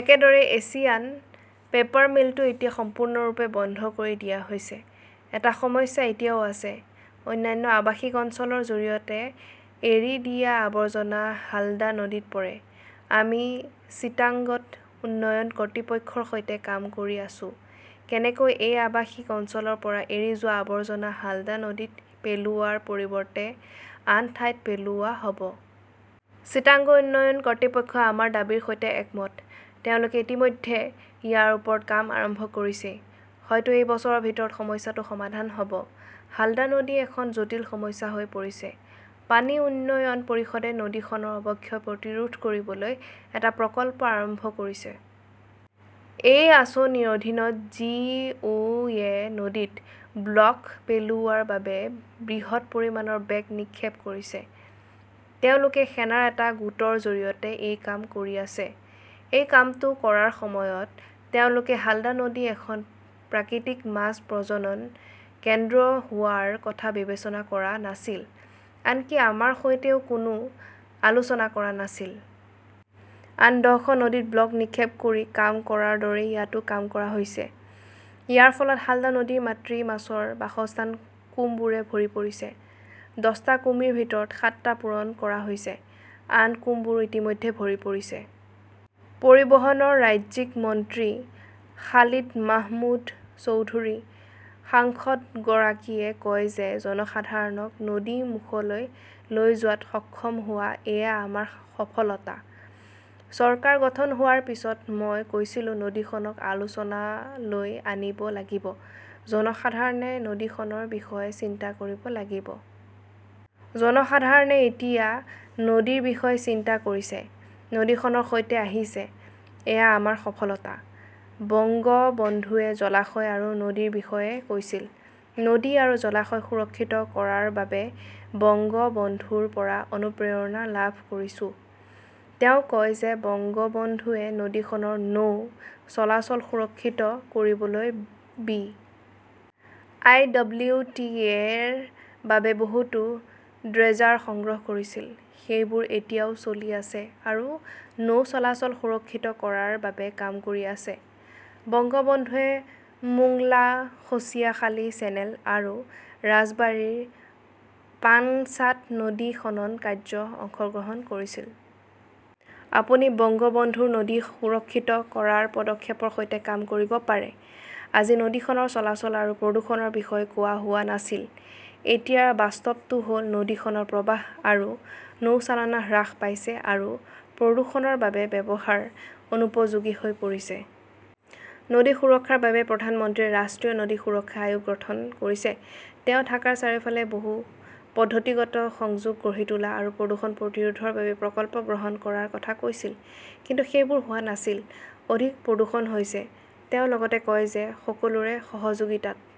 একেদৰে Asian Paper মিলটো এতিয়া সম্পূৰ্ণৰূপে বন্ধ কৰি দিয়া হৈছে। এটা সমস্যা এতিয়াও আছে। অন্যান্য আৱাসিক অঞ্চলৰ জৰিয়তে এৰি দিয়া আৱৰ্জনা হালদা নদীত পৰে। আমি চিটাগংত উন্নয়ন কৰ্তৃপক্ষৰ সৈতে কাম কৰি আছো, কেনেকৈ এই আৱাসিক অঞ্চলৰ পৰা এৰি যোৱা আৱৰ্জনা হালদা নদীত পেলোৱাৰ পৰিৱৰ্তে আন ঠাইত পেলোৱা হ'ব। চিটাগং উন্নয়ন কৰ্তৃপক্ষই আমাৰ দাবীৰ সৈতে একমত। তেওঁলোকে ইতিমধ্যে ইয়াৰ ওপৰত কাম আৰম্ভ কৰিছেই ,হয়তো এই বছৰৰ ভিতৰত সমস্যাটো সমাধান হ'ব। হালদা নদী এখন জটিল সমস্যা হৈ পৰিছে । পানী উন্নয়ন পৰিষদে নদীখনৰ অৱক্ষয় প্ৰতিৰোধ কৰিবলৈ এটা প্ৰকল্প আৰম্ভ কৰিছে। এই আঁচনিৰ অধীনত জি. ও. য়ে নদীত ব্লক পেলোৱাৰ বাবে বৃহৎ পৰিমাণৰ বেগ নিক্ষেপ কৰিছে। তেওঁলোকে সেনাৰ এটা গোটৰ জৰিয়তে এই কাম কৰি আছে। এই কামটো কৰাৰ সময়ত তেওঁলোকে হালদা নদী এখন প্ৰাকৃতিক মাছ প্ৰজনন কেন্দ্ৰ হোৱাৰ কথা বিবেচনা কৰা নাছিল, আনকি আমাৰ সৈতেও কোনো আলোচনা কৰা নাছিল। আন দহখন নদীত ব্লক নিক্ষেপ কৰি কাম কৰাৰ দৰেই ইয়াতও কাম কৰা হৈছে। ইয়াৰ ফলত হালদা নদীৰ মাতৃ মাছৰ বাসস্থান কুমবোৰে ভৰি পৰিছে। দহটা কুমিৰ ভিতৰত সাতটা পূৰণ কৰা হৈছে। আন কুমবোৰো ইতিমধ্যে ভৰি পৰিছে। পৰিবহণৰ ৰাজ্যিক মন্ত্ৰী খালিদ মাহমুদ চৌধুৰী সাংসদগৰাকীয়ে কয় যে জনসাধাৰণক নদীমুখলৈ লৈ যোৱাত সক্ষম হোৱা এয়া আমাৰ সফলতা। চৰকাৰ গঠন হোৱাৰ পিছত মই কৈছিলো-নদীখনক আলোচনালৈ আনিব লাগিব, জনসাধাৰণে নদীখনৰ বিষয়ে চিন্তা কৰিব লাগিব। জনসাধাৰণে এতিয়া নদীৰ বিষয়ে চিন্তা কৰিছে, নদীখনৰ সৈতে আহিছে-এয়া আমাৰ সফলতা। বংগবন্ধুৱে জলাশয় আৰু নদীৰ বিষয়ে কৈছিল। নদী আৰু জলাশয় সুৰক্ষিত কৰাৰ বাবে বংগবন্ধুৰ পৰা অনুপ্ৰেৰণা লাভ কৰিছো। তেওঁ কয় যে বংগবন্ধুৱে নদীখনৰ নৌ চলাচল সুৰক্ষিত কৰিবলৈ B. I. W. T. A. -ৰ বাবে বহুতো ড্ৰেজাৰ সংগ্ৰহ কৰিছিল, সেইবোৰ এতিয়াও চলি আছে আৰু নৌ চলাচল সুৰক্ষিত কৰাৰ বাবে কাম কৰি আছে। বংগবন্ধুৱে মোংলা-ঘচিয়াখালী চেনেল আৰু ৰাজবাৰীৰ পাঙ্গছাত নদী খনন কাৰ্যত অংশগ্ৰহণ কৰিছিল। আপুনি বংগবন্ধুৰ নদী সুৰক্ষিত কৰাৰ পদক্ষেপৰ সৈতে কাম কৰিব পাৰে । আজি নদীখনৰ চলাচল আৰু প্ৰদূষণৰ বিষয়ে কোৱা হোৱা নাছিল। এতিয়াৰ বাস্তৱটো হ'ল নদীখনৰ প্ৰৱাহ আৰু নৌচালনা হ্ৰাস পাইছে আৰু প্ৰদূষণৰ বাবে ব্যৱহাৰ অনুপযোগী হৈ পৰিছে। নদী সুৰক্ষাৰ বাবে প্ৰধানমন্ত্ৰীয়ে ৰাষ্ট্ৰীয় নদী সুৰক্ষা আয়োগ গঠন কৰিছে। তেওঁ ঢাকাৰ চাৰিওফালে বহু-পদ্ধতিগত সংযোগ গঢ়ি তোলা আৰু প্ৰদূষণ প্ৰতিৰোধৰ বাবে প্ৰকল্প গ্ৰহণ কৰাৰ কথা কৈছিল। কিন্তু সেইবোৰ হোৱা নাছিল। অধিক প্ৰদূষণ হৈছে। তেওঁ লগতে কয় যে সকলোৰে সহযোগিতাত